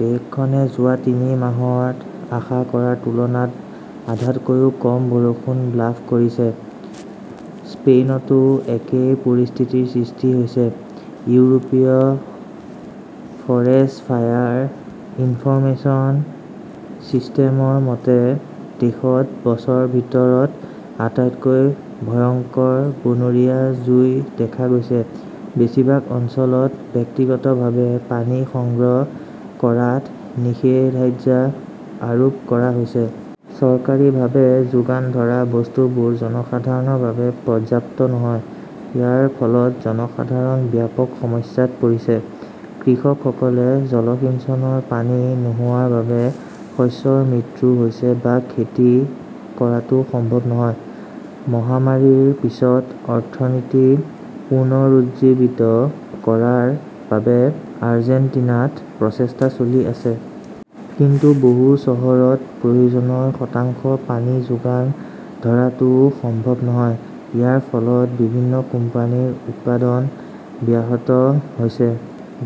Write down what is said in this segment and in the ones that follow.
দেশখনে যোৱা তিনি মাহত আশা কৰাৰ তুলনাত আধাতকৈও কম বৰষুণ লাভ কৰিছে। স্পেইনতো একেই পৰিস্থিতিৰ সৃষ্টি হৈছে। ইউৰোপীয় ফৰেষ্ট ফায়াৰ ইনফৰমেচন চিষ্টেমৰ মতে, দেশত বছৰৰ ভিতৰত আটাইতকৈ ভয়ংকৰ বনৰীয়া জুই দেখা গৈছে। বেছিভাগ অঞ্চলত ব্যক্তিগতভাৱে পানী সংগ্ৰহ কৰাত নিষেধাজ্ঞা আৰোপ কৰা হৈছে। চৰকাৰীভাৱে যোগান ধৰা বস্তুবোৰ জনসাধাৰণৰ বাবে পৰ্যাপ্ত নহয়। ইয়াৰ ফলত জনসাধাৰণ ব্যাপক সমস্যাত পৰিছে। কৃষকসকলে জলসিঞ্চনৰ পানী নোপোৱাৰ বাবে শস্যৰ মৃত্যু হৈছে বা খেতি কৰাটো সম্ভৱ নহয়। মহামাৰীৰ পিছৰ অৰ্থনীতি পুনৰুজ্জীৱিত কৰাৰ বাবে আৰ্জেণ্টিনাত প্ৰচেষ্টা চলি আছে। কিন্তু বহু চহৰত প্ৰয়োজনৰ শতাংশ পানী যোগান ধৰাটোও সম্ভৱ নহয়। ইয়াৰ ফলত বিভিন্ন কোম্পানীৰ উৎপাদন ব্যাহত হৈছে।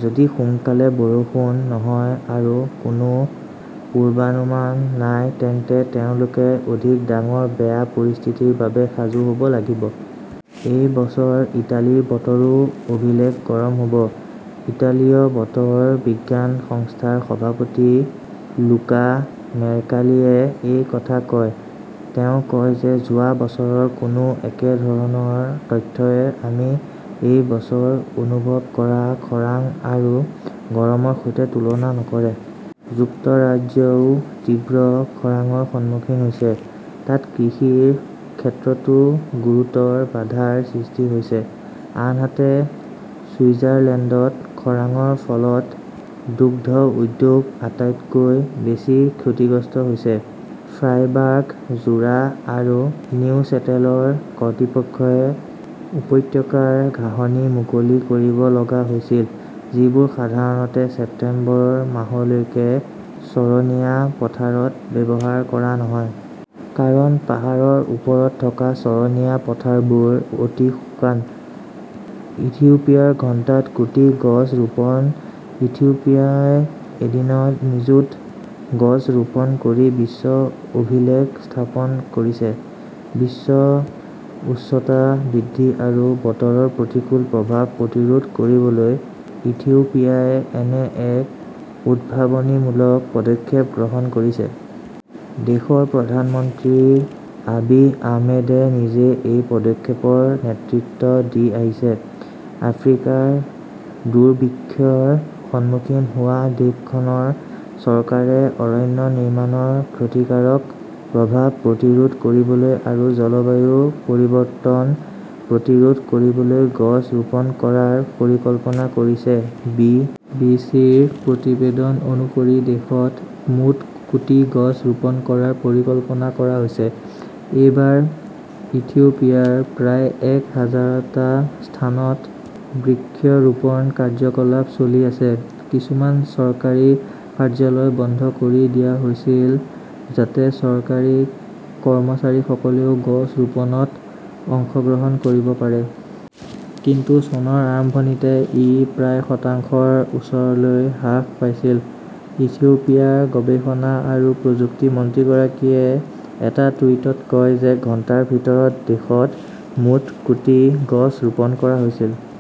যদি সোনকালে বৰষুণ নহয় আৰু কোনো পূৰ্বানুমান নাই তেন্তে তেওঁলোকে অধিক ডাঙৰ বেয়া পৰিস্থিতিৰ বাবে সাজু হ'ব লাগিব। এই বছৰ ইটালীৰ বতৰো অভিলেখ গৰম হ'ব। ইটালীয় বতৰ বিজ্ঞান সংস্থাৰ সভাপতি লুকা মেৰ্কালীয়ে এই কথা কয়। তেওঁ কয় যে যোৱা বছৰৰ কোনো একে ধৰণৰ তথ্যই আমি এই বছৰ অনুভৱ কৰা খৰাং আৰু গৰমৰ সৈতে তুলনা নকৰে। যুক্তৰাজ্যও তীব্ৰ খৰাংৰ সন্মুখীন হৈছে। তাত কৃষিৰ ক্ষেত্ৰতো গুৰুতৰ বাধাৰ সৃষ্টি হৈছে। আনহাতে, ছুইজাৰলেণ্ডত খৰাংৰ ফলত দুগ্ধ উদ্যোগ আটাইতকৈ বেছি ক্ষতিগ্ৰস্ত হৈছে। ফ্ৰাইবাৰ্গ, জুৰা আৰু নিউচেটেলৰ কৰ্তৃপক্ষই উপত্যকাৰ ঘাঁহনি মুকলি কৰিব লগা হৈছিল যিবোৰ সাধাৰণতে ছেপ্টেম্বৰ মাহলৈকে চৰণীয়া পথাৰত ব্যৱহাৰ কৰা নহয়। কাৰণ পাহাৰৰ ওপৰত থকা চৰণীয়া পথাৰবোৰ অতি শুকান। ইথিওপিয়াৰ ঘণ্টাত কোটি গছ ৰোপণ ইথিওপিয়াই এদিনত নিযুত গছ ৰোপণ কৰি বিশ্ব অভিলেখ স্থাপন কৰিছে। বিশ্ব উষ্ণতা বৃদ্ধি আৰু বতৰৰ প্ৰতিকূল প্ৰভাৱ প্ৰতিৰোধ কৰিবলৈ ইথিওপিয়াই এনে এক উদ্ভাৱনীমূলক পদক্ষেপ গ্ৰহণ কৰিছে। দেশৰ প্ৰধানমন্ত্ৰী আবি আহমেদে নিজেই এই পদক্ষেপৰ নেতৃত্ব দি আহিছে। আফ্ৰিকাৰ দুৰ্ভিক্ষৰ সন্মুখীন হোৱা দেশখনৰ চৰকাৰে অৰণ্য নিৰ্মাণৰ ক্ষতিকাৰক প্ৰভাৱ প্ৰতিৰোধ কৰিবলৈ আৰু জলবায়ু পৰিৱৰ্তন প্ৰতিৰোধ কৰিবলৈ গছ ৰোপণ কৰাৰ পৰিকল্পনা কৰিছে। বি. বি. চি. -ৰ প্ৰতিবেদন অনুসৰি দেশত মুঠ কোটি গছ ৰোপণ কৰাৰ পৰিকল্পনা কৰা হৈছে। এইবাৰ ইথিওপিয়াৰ প্ৰায় এক হাজাৰটা স্থানত বৃক্ষৰোপণ কাৰ্যকলাপ চলি আছে। কিছুমান চৰকাৰী কাৰ্যালয় বন্ধ কৰি দিয়া হৈছিল যাতে চৰকাৰী কৰ্মচাৰীসকলেও গছ ৰোপণত অংশগ্ৰহণ কৰিব পাৰে। কিন্তু চনৰ আৰম্ভণিতে ই প্ৰায় শতাংশৰ ওচৰলৈ হ্ৰাস পাইছিল। ইথিওপিয়াৰ গৱেষণা আৰু প্ৰযুক্তি মন্ত্ৰীগৰাকীয়ে এটা টুইটত কয় যে ঘণ্টাৰ ভিতৰত দেশত মুঠ কোটি গছ ৰোপণ কৰা হৈছিল।